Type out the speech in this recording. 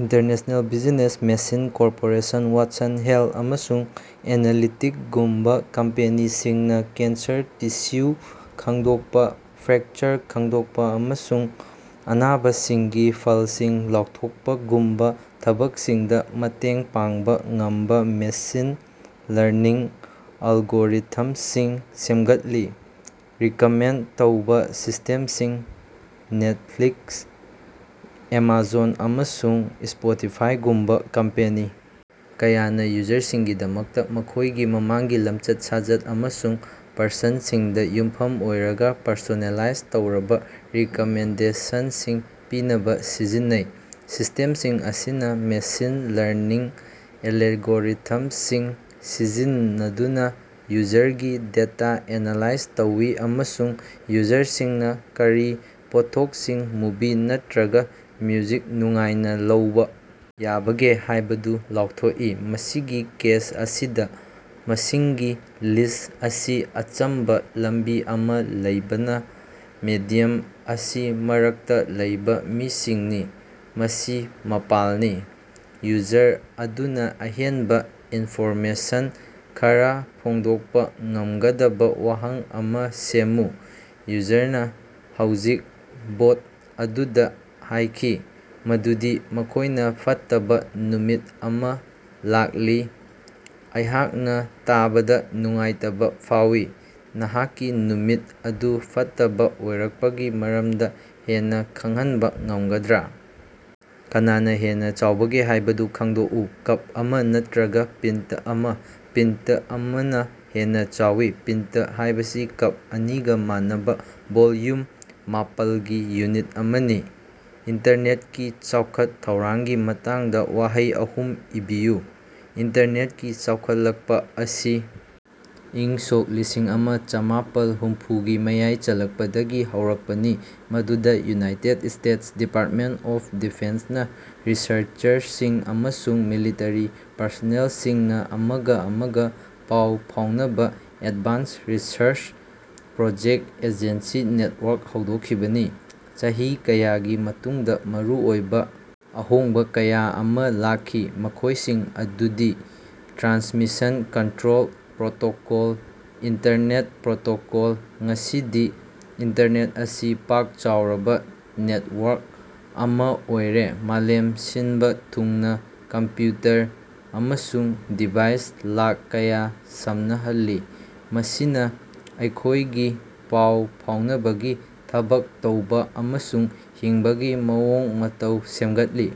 International business machine corporation Watson health ꯑꯃꯁꯨꯡ ꯑꯦꯅꯂꯤꯇꯤꯛꯒꯨꯝꯕ ꯀꯝꯄꯦꯅꯤꯁꯤꯡꯅꯥ ꯀꯦꯟꯁꯔ ꯇꯤꯁ꯭ꯌꯨ ꯈꯪꯗꯣꯛꯄꯥ, ꯐ꯭ꯔꯦꯀꯆꯔ ꯈꯪꯗꯣꯛꯄꯥ ꯑꯃꯁꯨꯡ ꯑꯅꯥꯕꯁꯤꯡꯒꯤ ꯐꯂꯁꯤꯡ ꯂꯥꯎꯊꯣꯛꯄꯒꯨꯝꯕꯥ ꯊꯕꯛꯁꯤꯡꯗꯥ ꯃꯇꯦꯡ ꯄꯥꯡꯕ ꯉꯝꯕ ꯃꯦꯁꯤꯟ ꯂꯔꯅꯤꯡ ꯑꯦꯂꯒꯣꯔꯤꯊꯝꯁꯤꯡ ꯁꯦꯝꯒꯠꯂꯤ꯫ꯔꯤꯀꯃꯦꯟꯠ ꯇꯧꯕ ꯁꯤꯁ꯭ꯇꯦꯝꯁꯤꯡ ꯅꯦꯠꯐ꯭ꯂꯤꯛꯁ, ꯑꯦꯃꯥꯖꯣꯟ, ꯑꯃꯁꯨꯡ ꯁ꯭ꯄꯣꯇꯤꯐꯥꯏꯒꯨꯝꯕ ꯀꯝꯄꯦꯅꯤ ꯀꯌꯥꯅꯥ ꯌꯨꯖꯔꯁꯤꯡꯒꯤꯗꯃꯛꯇꯥ ꯃꯈꯣꯏꯒꯤ ꯃꯃꯥꯡꯒꯤ ꯂꯝꯆꯠ-ꯁꯥꯖꯠ ꯑꯃꯁꯨꯡ ꯄ꯭ꯔꯁꯟꯁꯤꯡꯗꯥ ꯌꯨꯝꯐꯝ ꯑꯣꯏꯔꯒꯥ ꯄꯔꯁꯣꯅꯦꯂꯥꯏꯖ ꯇꯧꯔꯕꯥ ꯔꯤꯀꯃꯦꯟꯗꯦꯁꯟꯁꯤꯡ ꯄꯤꯅꯕꯥ ꯁꯤꯖꯤꯟꯅꯩ꯫ ꯁꯤꯁꯇꯦꯝꯁꯤꯡ ꯑꯁꯤꯅꯥ ꯃꯦꯁꯤꯟ ꯂꯔꯅꯤꯡ ꯑꯦꯂꯒꯣꯔꯤꯊꯝꯁꯤꯡ ꯁꯤꯖꯤꯟꯅꯗꯨꯅꯥ ꯌꯨꯖꯔꯒꯤ ꯗꯦꯇꯥ ꯑꯦꯅꯥꯂꯥꯏꯖ ꯇꯧꯏ ꯑꯃꯁꯨꯡ ꯌꯨꯖꯔꯁꯤꯡꯅꯥ ꯀꯔꯤ ꯄꯣꯠꯊꯣꯛꯁꯤꯡ, ꯃꯨꯚꯤ ꯅꯠꯇ꯭ꯔꯒꯥ ꯃ꯭ꯌꯨꯖꯤꯛ ꯅꯨꯡꯉꯥꯏꯅ ꯂꯧꯕ ꯌꯥꯕꯒꯦ ꯍꯥꯏꯕꯗꯨ ꯂꯥꯎꯊꯣꯛꯏ꯫ ꯃꯁꯤꯒꯤ ꯀꯦꯁ ꯑꯁꯤꯗꯥ, ꯃꯁꯤꯡꯒꯤ ꯂꯤꯁ꯭ꯠ ꯑꯁꯤ ꯑꯆꯝꯕꯥ ꯂꯝꯕꯤ ꯑꯃꯥ ꯂꯩꯕꯅꯥ, ꯃꯦꯗꯤꯌꯝ ꯑꯁꯤ ꯃꯔꯛꯇꯥ ꯂꯩꯕ ꯃꯁꯤꯡꯅꯤ, ꯃꯁꯤ ꯃꯄꯥꯜꯅꯤ꯫ꯌꯨꯖꯔ ꯑꯗꯨꯅꯥ ꯑꯍꯦꯟꯕꯥ ꯏꯟꯐꯣꯔꯃꯦꯁꯟ ꯈꯔꯥ ꯐꯣꯡꯗꯣꯛꯄꯥ ꯉꯝꯒꯗꯕꯥ ꯋꯥꯍꯪ ꯑꯃꯥ ꯁꯦꯝꯃꯨ꯫ ꯌꯨꯖꯔꯅꯥ ꯍꯧꯖꯤꯛ ꯕꯣꯠ ꯑꯗꯨꯗꯥ ꯍꯥꯏꯈꯤ ꯃꯗꯨꯗꯤ ꯃꯈꯣꯏꯅꯥ ꯐꯠꯇꯕꯥ ꯅꯨꯃꯤꯠ ꯑꯃꯥ ꯂꯥꯛꯂꯤ꯫ ꯑꯩꯍꯥꯛꯅꯥ ꯇꯥꯕꯗꯥ ꯅꯨꯡꯉꯥꯏꯇꯕꯥ ꯐꯥꯎꯏ, ꯅꯍꯥꯛꯀꯤ ꯅꯨꯃꯤꯠ ꯑꯗꯨ ꯐꯠꯇꯕꯥ ꯑꯣꯏꯔꯛꯄꯒꯤ ꯃꯔꯝꯗꯥ ꯍꯦꯟꯅꯥ ꯈꯪꯍꯟꯕꯥ ꯉꯝꯒꯗ꯭ꯔꯥ? ꯀꯅꯥꯅꯥ ꯍꯦꯟꯅꯥ ꯆꯥꯎꯕꯒꯦ ꯍꯥꯏꯕꯗꯨ ꯈꯪꯗꯣꯛꯎ꯫ ꯀꯞ ꯑꯃꯥ ꯅꯠꯇ꯭ꯔꯒꯥ ꯄꯤꯟꯇ ꯑꯃꯥ? ꯄꯤꯟꯇ ꯑꯃꯅꯥ ꯍꯦꯟꯅꯥ ꯆꯥꯎꯏ꯫ ꯄꯤꯟꯇ ꯍꯥꯏꯕꯁꯤ ꯀꯞ ꯑꯅꯤꯒꯥ ꯃꯥꯟꯅꯕꯥ ꯚꯣꯜꯌꯨꯝ ꯃꯥꯄꯜꯒꯤ ꯌꯨꯅꯤꯠ ꯑꯃꯅꯤ꯫ ꯏꯟꯇꯔꯅꯦꯠꯀꯤ ꯆꯥꯎꯈꯠ ꯊꯧꯔꯥꯡꯒꯤ ꯃꯇꯥꯡꯗꯥ ꯋꯥꯍꯩ ꯑꯍꯨꯝ ꯏꯕꯤꯌꯨ꯫ ꯏꯟꯇꯔꯅꯦꯠꯀꯤ ꯆꯥꯎꯈꯠꯂꯛꯄꯥ ꯑꯁꯤ ꯏꯪ ꯁꯣꯛ ꯂꯤꯁꯤꯡ ꯑꯃꯥ ꯆꯥꯃꯄꯥꯜ ꯍꯨꯝꯐꯨꯒꯤ ꯃꯌꯥꯏ ꯆꯜꯂꯛꯄꯗꯒꯤ ꯍꯧꯔꯛꯄꯅꯤ, ꯃꯗꯨꯗꯥ ꯌꯨꯅꯥꯏꯇꯦꯗ ꯁ꯭ꯇꯦꯇꯁ ꯗꯤꯄꯥꯔꯇꯃꯦꯟꯠ ꯑꯣꯐ ꯗꯤꯐꯦꯟꯁꯅꯥ ꯔꯤꯁꯔꯆꯔꯁꯤꯡ ꯑꯃꯁꯨꯡ ꯃꯤꯂꯤꯇꯔꯤ ꯄꯔꯁꯣꯅꯦꯜꯁꯤꯡꯅꯥ ꯑꯃꯒꯥ ꯑꯃꯒꯥ ꯄꯥꯎ ꯐꯥꯎꯅꯕꯥ Advanced Research Project Agency Network ꯍꯧꯗꯣꯛꯈꯤꯕꯅꯤ꯫ ꯆꯍꯤ ꯀꯌꯥꯒꯤ ꯃꯇꯨꯡꯗꯥ ꯃꯔꯨꯑꯣꯏꯕ ꯑꯍꯣꯡꯕꯥ ꯀꯌꯥ ꯑꯃꯥ ꯂꯥꯛꯈꯤ, ꯃꯈꯣꯏꯁꯤꯡ ꯑꯗꯨꯗꯤ Transmission Control Protocol Internet Protocol. ꯉꯁꯤꯗꯤ ꯏꯟꯇꯔꯅꯦꯠ ꯑꯁꯤ ꯄꯥꯛ ꯆꯥꯎꯔꯕꯥ ꯅꯦꯇꯋꯥꯔꯛ ꯑꯃꯥ ꯑꯣꯏꯔꯦ, ꯃꯥꯂꯦꯝ ꯁꯤꯟꯕꯥ ꯊꯨꯡꯅꯥ ꯀꯝꯞꯌꯨꯇꯔ ꯑꯃꯁꯨꯡ ꯗꯤꯚꯥꯏꯁ ꯂꯥꯛ ꯀꯌꯥ ꯁꯝꯅꯍꯜꯂꯤ, ꯃꯁꯤꯅꯥ ꯑꯩꯈꯣꯌꯒꯤ ꯄꯥꯎ ꯐꯥꯎꯅꯕꯒꯤ, ꯊꯕꯛ ꯇꯧꯕ ꯑꯃꯁꯨꯡ ꯍꯤꯡꯕꯒꯤ ꯃꯑꯣꯡ ꯃꯇꯧ ꯁꯦꯝꯒꯠꯂꯤ꯫